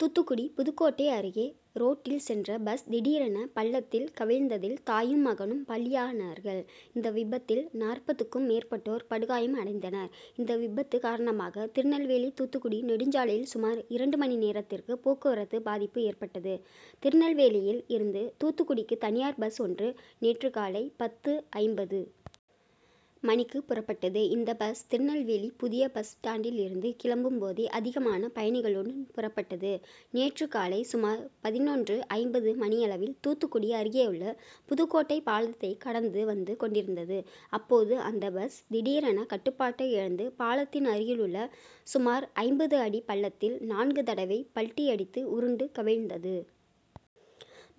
தூத்துக்குடி புதுக்கோட்டை அருகே ரோட்டில் சென்ற பஸ் திடீரென பள்ளத்தில் கவிழ்ந்ததில் தாயும், மகனும் பலியானர்கள். இந்த விபத்தில் நாற்பதுக்கும் மேற்பட்டோர் படுகாயம் அடைந்தனர். இந்த விபத்து காரணமாக திருநெல்வேலி-தூத்துக்குடி நெடுஞ்சாலையில் சுமார் இரண்டு மணி நேரத்திற்கு போக்குவரத்து பாதிப்பு ஏற்பட்டது. திருநெல்வேலியில் இருந்து தூத்துக்குடிக்கு தனியார் பஸ் ஒன்று நேற்று காலை பத்து.ஐம்பது மணிக்கு புறப்பட்டது. இந்த பஸ் திருநெல்வேலி புதிய பஸ் ஸ்டாண்டில் இருந்து கிளம்பும் போதே அதிகமான பயணிகளுடன் புறப்பட்டது. நேற்று காலை சுமார் பதினொன்று.ஐம்பது மணியளவில் தூத்துக்குடி அருகேயுள்ள புதுக்கோட்டை பாலத்தை கடந்து வந்து கொண்டிருந்தது. அப்போது அந்த பஸ் திடீரென கட்டுபாட்டை இழந்து பாலத்தின் அருகில் உள்ள சுமார் ஐம்பது அடி பள்ளத்தில் நான்கு தடவை பல்டி அடித்து உருண்டு கவிழ்ந்தது.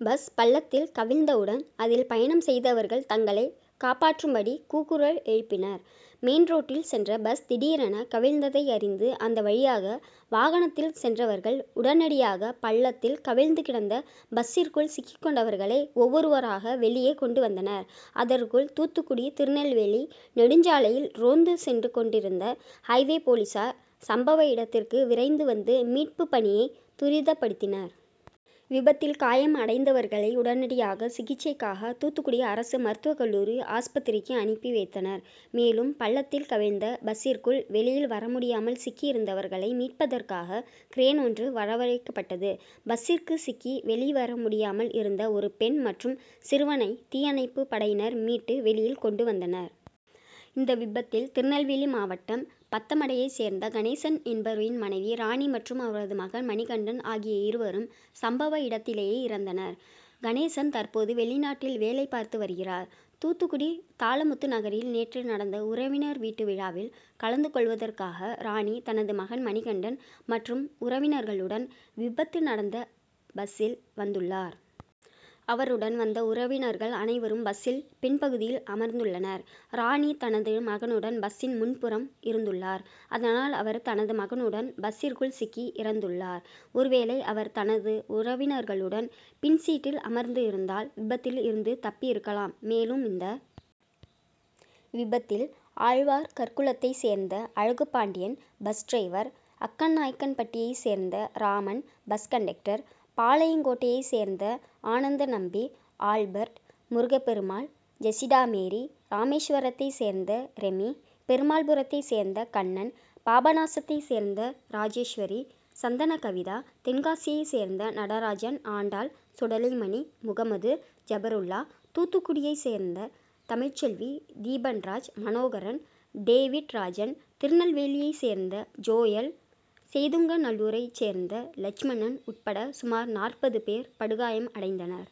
பஸ் பள்ளத்தில் கவிழ்ந்தவுடன் அதில் பயணம் செய்தவர்கள் தங்களை காப்பாற்றும் படி கூக்குரல் எழுப்பினர். மெயின்ரோட்டில் சென்ற பஸ் திடீரென கவிழ்ந்ததை அறிந்து அந்த வழியாக வாகனத்தில் சென்றவர்கள் உடனடியாக பள்ளத்தில் கவிழ்ந்து கிடந்த பஸ்சிற்குள் சிக்கிக் கொண்டவர்களை ஒவ்வொருவராக வெளியே கொண்டு வந்தனர். அதற்குள் தூத்துக்குடி-திருநெல்வேலி நெடுஞ்சாலையில் ரோந்து சென்று கொண்டிருந்த ஹைவே- போலீசார் சம்பவ இடத்திற்கு விரைந்து வந்து மீட்பு பணியை துரிதப்படுத்தினர். விபத்தில் காயம் அடைந்தவர்களை உடனடியாக சிகிச்சைக்காக தூத்துக்குடி அரசு மருத்துவக்கல்லூரி ஆஸ்பத்திரிக்கு அனுப்பி வைத்தனர். மேலும் பள்ளத்தில் கவிழ்ந்த பஸ்சிற்குள் வெ ளியில் வரமுடியாமல் சிக்கி இருந்தவர்களை மீட்பதற்காக கிரேன் ஒன்று வரவழைக்கப்பட்டது. பஸ்சிற்கு சிக்கி வெளிவரமுடியாமல் இருந்த ஒரு பெண் மற்றும் சிறுவனை தீயணைப்பு படையினர் மீட்டு வெளியில் கொண்டு வந்தனர். இந்த விபத்தில் திருநெல்வேலி மாவட்டம் பத்தமடையைச் சேர்ந்த கணேசன் என்பவரின் மனைவி ராணி மற்றும் அவரது மகன் மணிகண்டன் ஆகிய இருவரும் சம்பவ இடத்திலேயே இறந்தனர். கணேசன் தற்போது வெளிநாட்டில் வேலைபார்த்து வருகிறார். தூத்துக்குடி தாளமுத்துநகரில் நேற்று நடந்த உறவினர் வீட்டு விழாவில் கலந்து கொள்வதற்காகரா ணி தனது மகன் மணிகண்டன் மற்றும் உறவினர்களுடன் விபத்து நடந்த பஸ்சில் வந்துள்ளார். அவருடன் வந்த உறவினர்கள் அனைவரும் பஸ்சில் பின்பகுதியில் அமர்ந்துள்ளனர். ராணி தனது மகனுடன் பஸ்சின் முன்புறம் இருந்துள்ளார். அதனால் அவர் தனது மகனுடன் பஸ்சிற்குள் சிக்கி இறந்துள்ளார். ஒருவேளை அவர் தனது உறவினர்களுடன் பின்சீட்டில் அமர்ந்து இருந்தால் விபத்தில் இருந்து தப்பி இருக்கலாம். மேலும் இந்த விபத்தில் ஆழ்வார்கற்குளத்தை சேர்ந்த அழகுபாண்டியன் பஸ் டிரைவர், அக்கநாயக்கன்பட்டியைச் சேர்ந்த ராமன், பஸ் கண்டக்டர், பாளையங்கோட்டையைச் சேர்ந்த ஆனந்தநம்பி, ஆல்பர்ட், முருகபெருமாள், ஜெஸிடாமேரி, ராமேஸ்வரத்தை சேர்ந்த ரெமி, பெருமாள்புரத்தை சேர்ந்த கண்ணன், பாபநாசத்தை சேர்ந்த ராஜேஸ்வரி, சந்தனகவிதா, தென்காசியைச் சேர்ந்த நடராஜன், ஆண்டாள், சுடலைமணி, முகமது ஜெபருல்லா, தூத்துக்குடியைச் சேர்ந்த தமிழ்செல்வி, தீபன்ராஜ், மனோகரன், டேவிட்ராஜன், திருநெல்வேலியை சேர்ந்த ஜோயல், செய்துங்கநல்லூரைச் சேர்ந்த லட்சுமணன் உட்பட சுமார் நாற்பது பேர் படுகாயம் அடைந்தனர்.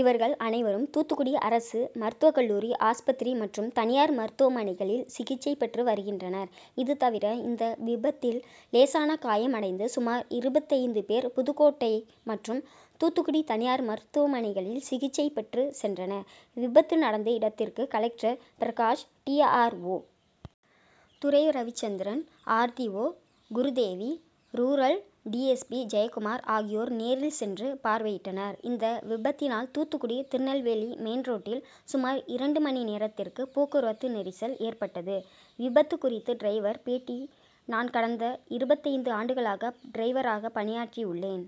இவர்கள் அனைவரும் தூத்துக்குடி அரசு மருத்துவக்கல்லூரி ஆஸ்பத்திரி மற்றும் தனியார் மருத்துவமனைகளில் சிகிச்சை பெற்று வருகின்றனர். இது தவிர இந்த விபத்தில் லேசான காயம் அடைந்து சுமார் இருபத்தைந்து பேர் புதுக்கோட்டை மற்றும் தூத்துக்குடி தனியார் மருத்துவமனைகளில் சிகிச்சை பெற்று சென்றனர். விபத்து நடந்து இடத்திற்கு collector Prakash, டிஆ ர்ஓ., Durai Ravichandran, RTO., Gurudevi, rural டிஎஸ்பி.,ஜெயக்குமார் ஆகியோர் நேரில் சென் று பார்வையிட்டனர். இந்த விபத்தினால் தூத்துக்குடி- திருநெல்வேலி மெயின் ரோட்டில் சுமார் இரண்டு மணி நேரத்திற்கு போக்குவரத்து நெரிசல் ஏற்பட்டது. விபத்து குறித்து டிரைவர் பேட்டி நான் கடந்த இருபத்தைந்து ஆண்டுகளாக டிரைவராக பணியாற்றி உள்ளேன்.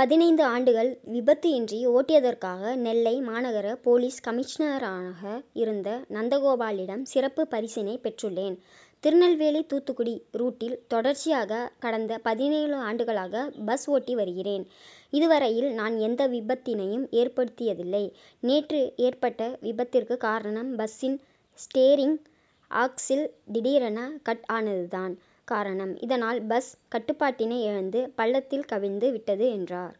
பதினைந்து ஆண்டுகள் விபத்து இன்றி ஓட்டியதற்காக நெல்லை மாநகர போலீஸ் கமிஷனராக இருந்த நந்தகோபாலிடம் சிறப்பு பரிசினை பெற்றுள்ளேன். திருநெல்வேலி- தூத்துக்குடி ரூட்டில் தொடர்ச்சியாக கடந்த பதினேழு ஆண்டுகளாக பஸ் ஓட்டி வருகிறேன். இதுவரையில் நான் எந்த விபத்தினையும் ஏற்படுத்தியதில்லை. நேற்று ஏற்பட்ட விபத்திற்கு காரணம் பஸ்சின் ஸ்டேரிங் ஆக்சில் திடீரென கட் ஆனது தான் காரணம். இதனால் பஸ் கட்டுபாட்டினை இழந்து பள்ளத்தில் கவிழந்து விட்டது என்றார்.